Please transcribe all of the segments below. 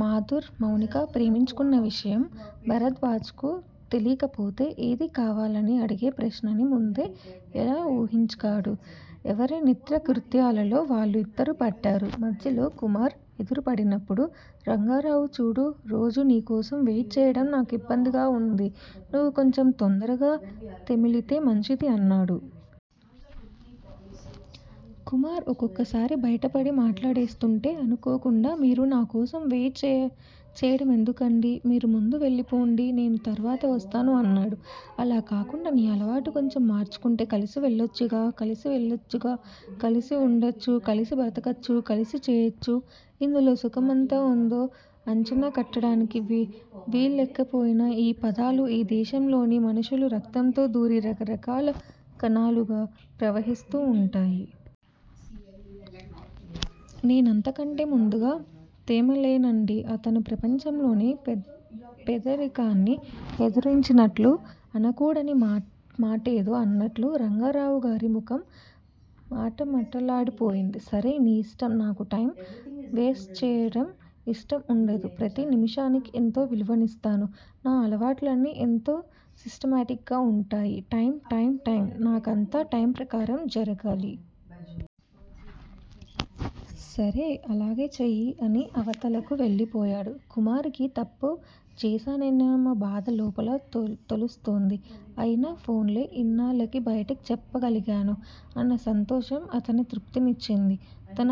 మాధుర్, మౌనిక ప్రేమించుకున్న విషయం భరద్వాజకు తెలీకపోతే ఏది కావాలి అని అడిగే ప్రశ్నని ముందే ఎలా వూహించాడు। ఎవరి నిత్యకృత్యాలతో వాళ్ళు పడ్డారు. మధ్యలో కుమార్ ఎదురుపడినప్పుడు రంగారావుగారు చూడూ! రోజూ నీకోసం వెయిట్ చేయటం నాకు ఇబ్బందిగా వుంది. నువ్వు కొంచెం తొందరగా తెమిలితే మంచిది అన్నాడు. కుమార్ ఒక్కొక్కసారి బయటపడి మాట్లాడేస్తుంటే అనుకోకుండా. 'మీరు నాకోసం వెయిట్ చేయడమెందుకండీ? మీరు ముందు వెళ్ళిపొండి, నేను తరువాత వస్తాను' అన్నాడు. అలా కాకుండా నీ అలవాటు కొంచెం మార్చుకుంటే కలిసి వెళ్ళొచ్చుగా? కలిసి వెళ్ళొచ్చుగా, కలిసి వుండొచ్చు, కలిసి బతకొచ్చు, కలిసి చెయొచ్చు ఇందులో సుఖమెంత వుందో అంచనా కట్టటానికి వీల్లేకపోయినా ఈ పదాలు ఈ దేశంలోని మనుషుల రక్తంలో దూరి రకరకాల కణాలుగా ప్రవహిస్తూ వుంటాయి. నేనంతకంటే ముందుగా తెమలేనండీ. అతను ప్రపంచంలోని పెద్దరికాన్ని ఎదిరించినట్లు, అనకూడని మాటేదో అన్నట్లు రంగారావుగారి ముఖం మటమటలాడిపోయింది. సరే, నీఇష్టం. నాకు టైం వేస్టుచేయటం ఇష్టంవుండదు. ప్రతి నిముషానికీ ఎంతో విలువనిస్తాను. నా అలవాట్లన్నీ ఎంతో సిస్టమేటిక్ గా వుంటాయి. Time time time! నాకంతా టైమ్ ప్రకారం జరగాలి. సరే అలాగే చెయ్యి అని అవతలకు వెళ్ళిపోయాడు. కుమార్ కి తప్పు చేశానేమోనన్న బాధ లోపల తొలుస్తుంది. అయినా పోన్లే, ఇన్నేళ్ళకి బయటకు చెప్పగలిగాను అన్న సంతోషం అతనికి తృప్తినిచ్చింది. తన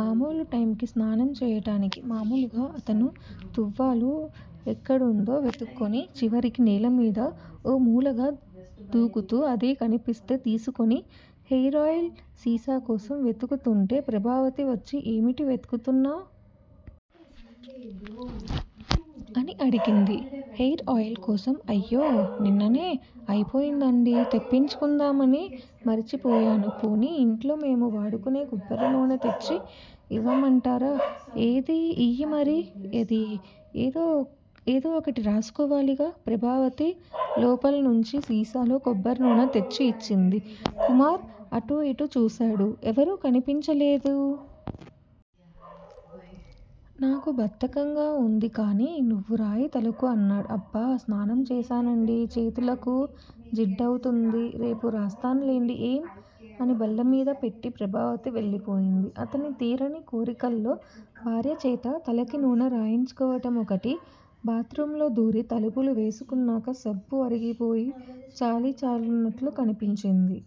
మామూలుటైముకి స్నానం చేయటానికి మామూలుగా అతను తువ్వాలు ఎక్కడుందో వెతుక్కుని, చివరికి నేలమీద ఓమూలగా దూకుతూ అది కనిపిస్తే తీసుకుని, హెయిర్ ఆయిల్ సీసాకోసం వెతుక్కుంటుంటే ప్రభావతి వచ్చి ఏమిటి వెదుకుతున్నావ్? అని అడిగింది. హెయిర్ ఆయిల్ కోసం అయ్యో! నిన్ననే అయిపోయిందండీ. తెప్పించుకుందామని మరిచిపోయాను. పోనీ ఇంట్లో మేము వాడుకునే కొబ్బరినూనె తెచ్చి ఇవ్వమంటారా? ఏది ఇయ్యి మరి. ఏదో ఒకటి రాసుకోవాలిగా! ప్రభావతి లోపల్నుంచి సీసాలో కొబ్బరినూనె తెచ్చిఇచ్చింది. కుమార్ అటూఇటూ చూశాడు. ఎవరూ కనిపించలేదు. నాకు బద్దకంగా వుందికానీ, నువ్వు రాయి తలకు అన్నాడు. అబ్బ! స్నానం చేశానండీ. చేతులకు జిడ్డవుతుంది. రేపు రాస్తానులెండి. ఏం? అని బల్లమీద పెట్టి ప్రభావతి వెళ్ళిపోయింది. అతని తీరని కోరికల్లో భార్యచేత తలకి నూనె రాయించుకోవటమొకటి. బాత్ రూం లో దూరి తలుపులు వేసుకున్నాక సబ్బు అరిగిపోయి చాలీ చాలనట్లు కనిపించింది.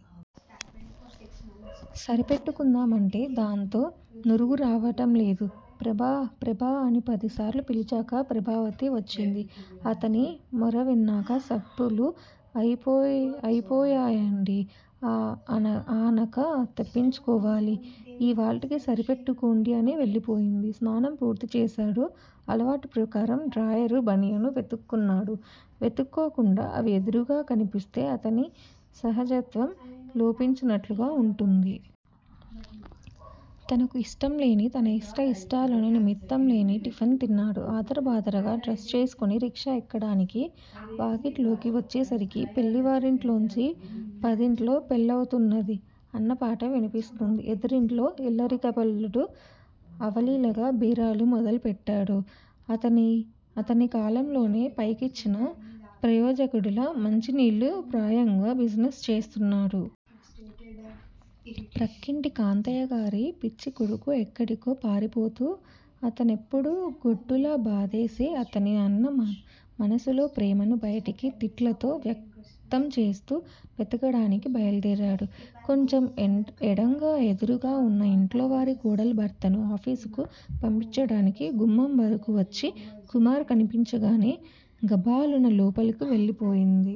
సరిపెట్టుకుందామంటే దాంతో నురుగు రావటంలేదు. ప్రభా! ప్రభా! అని పదిసార్లు పిలిచాక ప్రభావతి వచ్చింది. అతని మొరవిన్నాక సబ్బులు అయిపోయాయండీ. ఆనక తెప్పించుకోవాలి. ఇవాల్టికి సరిపెట్టుకోండి అని వెళ్ళిపోయింది. స్నానం పూర్తిచేశాడు. అలవాటు ప్రకారం డ్రాయరు, బనియను వెతుక్కున్నాడు. వెతుక్కోకుండా అవి ఎదురుగా కనిపిస్తే అతని సహజత్వం లోపించినట్లుగా వుంటుంది. తనకు ఇష్టంలేని, తన ఇష్టాఇష్టాలను నిమిత్తం లేని టిఫిన్ తిన్నాడు. ఆదరాబాదరగా డ్రెస్ చేసుకుని రిక్షా ఎక్కడానికి, వాకిట్లోకి వచ్చేసరికి పెళ్ళి వారింట్లోంచి 'పందిట్లో పెళ్లవుతున్నది' అన్నపాట వినిపిస్తుంది. ఎదురింట్లో ఇల్లరికపుటల్లుడు అవలీలగా బేరాలు మొదలుపెట్టాడు. అతనికాలంలోనే పైకిచ్చిన ప్రయోజకుడిలా మంచినీళ్ళు ప్రాయంగా బిజినెస్ చేస్తున్నాడు. ప్రక్కింటి కాంతయ్యగారి పిచ్చికొడుకు ఎక్కడికో పారిపోతూ అతన్నెప్పుడూ గొడ్డులా బాదేసే అతని అన్న మనసులో ప్రేమను బయటికి తిట్లతో వ్యక్తంచేస్తూ వెతకడానికి బయల్దేరాడు. కొంచెం ఎడంగా, ఎదురుగా వున్న ఇంట్లోవారి కోడలు భర్తను ఆఫీసుకు పంపించటానికి గుమ్మంవరకూ వచ్చి కుమార్ కనిపించగానే గభాలున లోపలకు వెళ్ళిపోయింది.